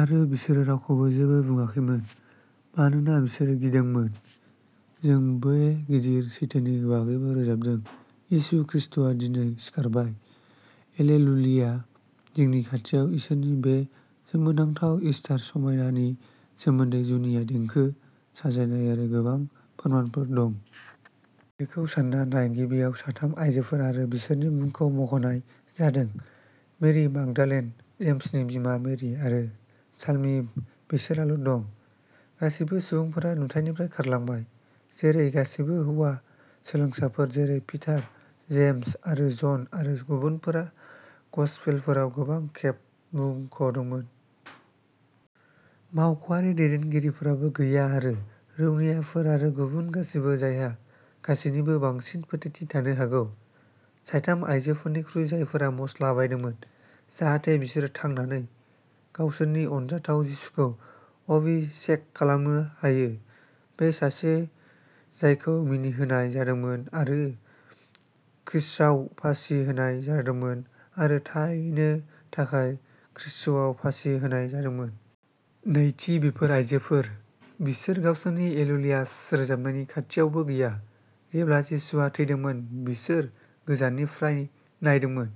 आरो बिसोरो रावखौबो जेबो बुङाखैमोन, मानोना बिसोरो गिदोंमोन। जों बे गिदिर सैथोनि बागैबो रोजाबदों यीशु खृष्टआ दिनै सिखारबाय, एलेलुयिया। जोंनि खाथियाव इसोरनि बे सोमोनांथाव इस्टार समायनानि सोमोन्दै जुनिया देंखो, साजायनाय आरो गोबां फोरमानफोर दं। बेखौ सानना नाय गिबियाव, साथाम आयजोफोर आरो बिसोरनि मुंखौ मुंख'नाय जादों, मेरि मागदालेन, जेम्सनि बिमा मेरि आरो साल'मि बेसोराल' दं। गासैबो सुबुंफोरा नुथाइनिफ्राय खारलांबाय, जेरै गासैबो हौवा सोलोंसाफोर जेरै पिटार, जेम्स आरो जन आरो गुबुनफोरा गस्पेलफोराव गोबां खेब मुंख'दोंमोन। मावख'आरि दैदेनगिरिफोराबो गैया आरो रौनियाफोर आरो गुबुन गासैबो जायहा गासैनिबो बांसिन फोथायथि थानो हागौ, साथाम आयजोफोरनिख्रुइ जायफोरा मस्ला बायदोंमोन जाहाथे बिसोरो थांनानै गावसोरनि अनजाथाव जिसुखौ अभिषेक खालामनो हायो, बे सासे जायखौ मिनिहोनाय जादोंमोन आरो क्रुसाव फासि होनाय जादोंमोन आरो थैनो थाखाय क्रुसाव फासि होनाय जादोंमोन। नैथि, बेफोर आयजोफोर। बिसोर गावसोरनि एलेलुयास रोजाबनायनि खाथियावबो गैया। जेब्ला जिसुआ थैदोंमोन, बिसोर गोजाननिफ्राय नायदोंमोन।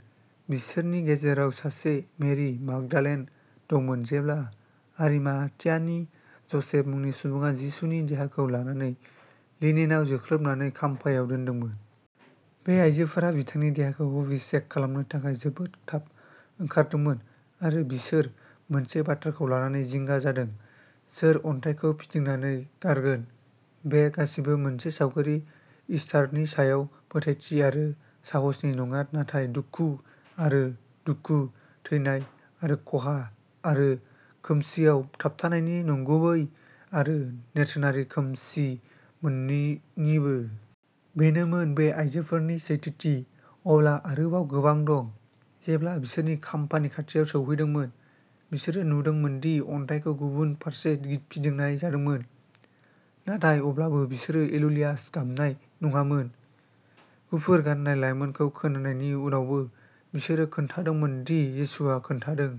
बिसोरनि गेजेराव सासे, मेरि माग्दालेन, दंमोन जेब्ला आरिमाथियानि ज'सेफ मुंनि सुबुङा जिसुनि देहाखौ लानानै लिनेनआव जोख्लोबनानै खाम्फायाव दोनदोंमोन। बे आइजोफोरा बिथांनि देहाखौ अभिषेक खालामनो थाखाय जोबोद थाब ओंखारदोंमोन आरो बिसोर मोनसे बाथ्राखौ लानानै जिंगा जादों, सोर अन्थाइखौ फिदिंनानै गारगोन? बे गासैबो मोनसे सावगारि इस्टारनि सायाव फोथायथि आरो साहसनि नङा नाथाय दुखु आरो दुखु, थैनाय आरो खहा, आरो खोमसिआव थाबथानायनि नंगुबै आरो नेरसोनारि खोमसि मोन्नैनिबो। बेनोमोन बे आइजोफोरनि सैथोथि। अब्ला आरोबाव गोबां दं। जेब्ला बिसोरो खाम्फानि खाथियाव सौहैदोंमोन, बिसोरो नुदोंमोन दि अन्थाइखौ गुबुन फारसे फिदिंनाय जादोंमोन। नाथाय अब्लाबो, बिसोरो एलेलुयास गाबनाय नङामोन। गुफुर गान्नाय लाइमोनखौ खोनानायनि उनावबो बिसोर खोन्थादोंमोन दि जिसुआ खोन्थादों।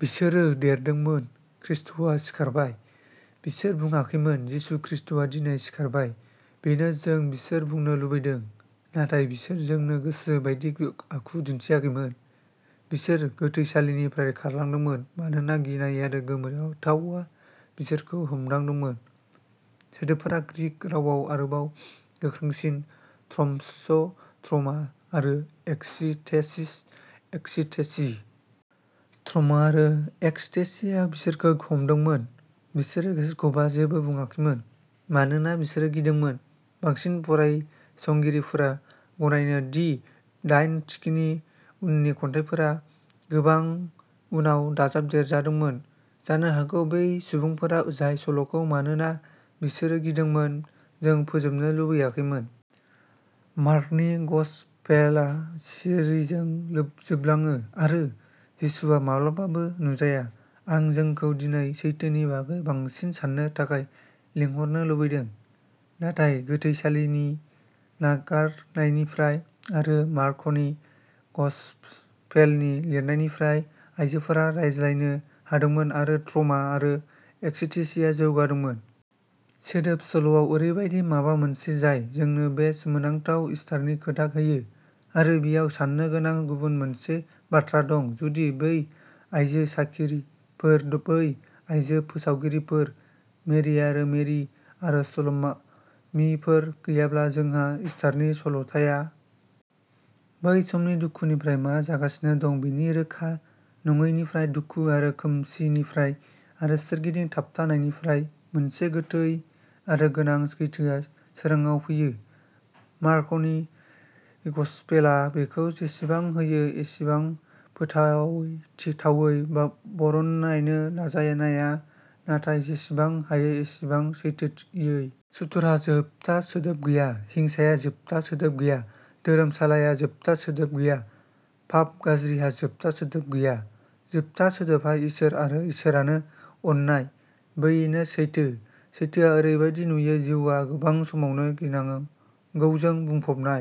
बिसोर देरदोंमोन, खृष्टआ सिखारबाय! बिसोर बुङाखैमोन, जिसु ख्रीष्टआ दिनै सिखारबाय! बेनो जों बिसोर बुंनो लुबैदों, नाथाय बिसोर जोंनि गोसो बायदि आखु दिन्थियाखैमोन। बिसोरो गोथैसालिनिफ्राय खारलांदोंमोन मानोना गिनाय आरो गोमोथावआ बिसोरखौ हमदोंमोन। सोदोबफोरा ग्रीक रावाव आरोबाव गोख्रोंसिन ट्रम'स ट्रमा आरो एक्सटेसिस एक्सटेसि। ट्रमा आरो एक्सटेसिया बिसोरखौ हमदोंमोन। बिसोरो सोरखौबो जेबो बुंङाखैमोन, मानोना बिसोरो गिदोंमोन। बांसिन फरायसंगिरिफोरा गनायो दि दाइन थिखिनि उननि खन्थाइफोरा गोबां उनाव दाजाबदेरजादोंमोन, जानो हागौ बै सुबुंफोरा जाय सल'खौ मानोना बिसोरो गिदोंमोन जों फोजोबनो लुबैयाखैमोन। मार्कनि गसपेलआ सिरिजों जोबलाङो आरो जिसुआ माब्लाबाबो नुजाया। आं जोंखौ दिनै सैथोनि बागै बांसिन साननो थाखाय लिंहरनो लुबैदों। नाथाय गोथैसालि नागारनायनिफ्राय आरो मार्कनि गसपेलनि लिरनायनिफ्राय, आइजोफोरा रायज्लायनो हादोंमोन आरो ट्रमा आरो एक्सटेसिया जौगादोंमोन। सोदोब, सल'आव, ओरैबायदि माबा मोनसे जाय जोंनो बे सोमोनांथाव इस्टारनि खोथा होयो। आरो बेयाव साननो गोनां गुबुन मोनसे बाथ्रा दं जुदि बै आइजो साखिफोर, बै आइजो फोसावगिरिफोर, मेरि आरो मेरि आरो साल'मिफोर गैयाब्ला, जोंहा इस्टारनि सल'थाया। बै समनि दुखुनिफ्राय, मा जागासिनो दं बेनि रोखा नङैनिफ्राय, दुखु आरो खोमसिनिफ्राय आरो सोरगिदिं थाबथानायनिफ्राय, मोनसे गोथौ आरो गोनां सैथोआ सोराङाव फैयो। मार्कनि गसपेलआ बेखौ जेसेबां हायो एसेबां फोथायथिथावै बरनायनो नाजानाया, नाथाय जेसेबां हायो एसेबां सैथोयै। सुथुरहा जोबथा सोदोब गैया। हिंसाया जोबथा सोदोब गैया। धोरोमस्लायहा जोबथा सोदोब गैया। पाप, गाज्रिहा जोबथा सोदोब गैया। जोबथा सोदोबा इसोर आरो इसोरानो अननाय। बेनो सैथो। सैथोआ ओरैबादि नुयो जिउआ गोबां समावनो गिनांगौजों बुंफबनाय।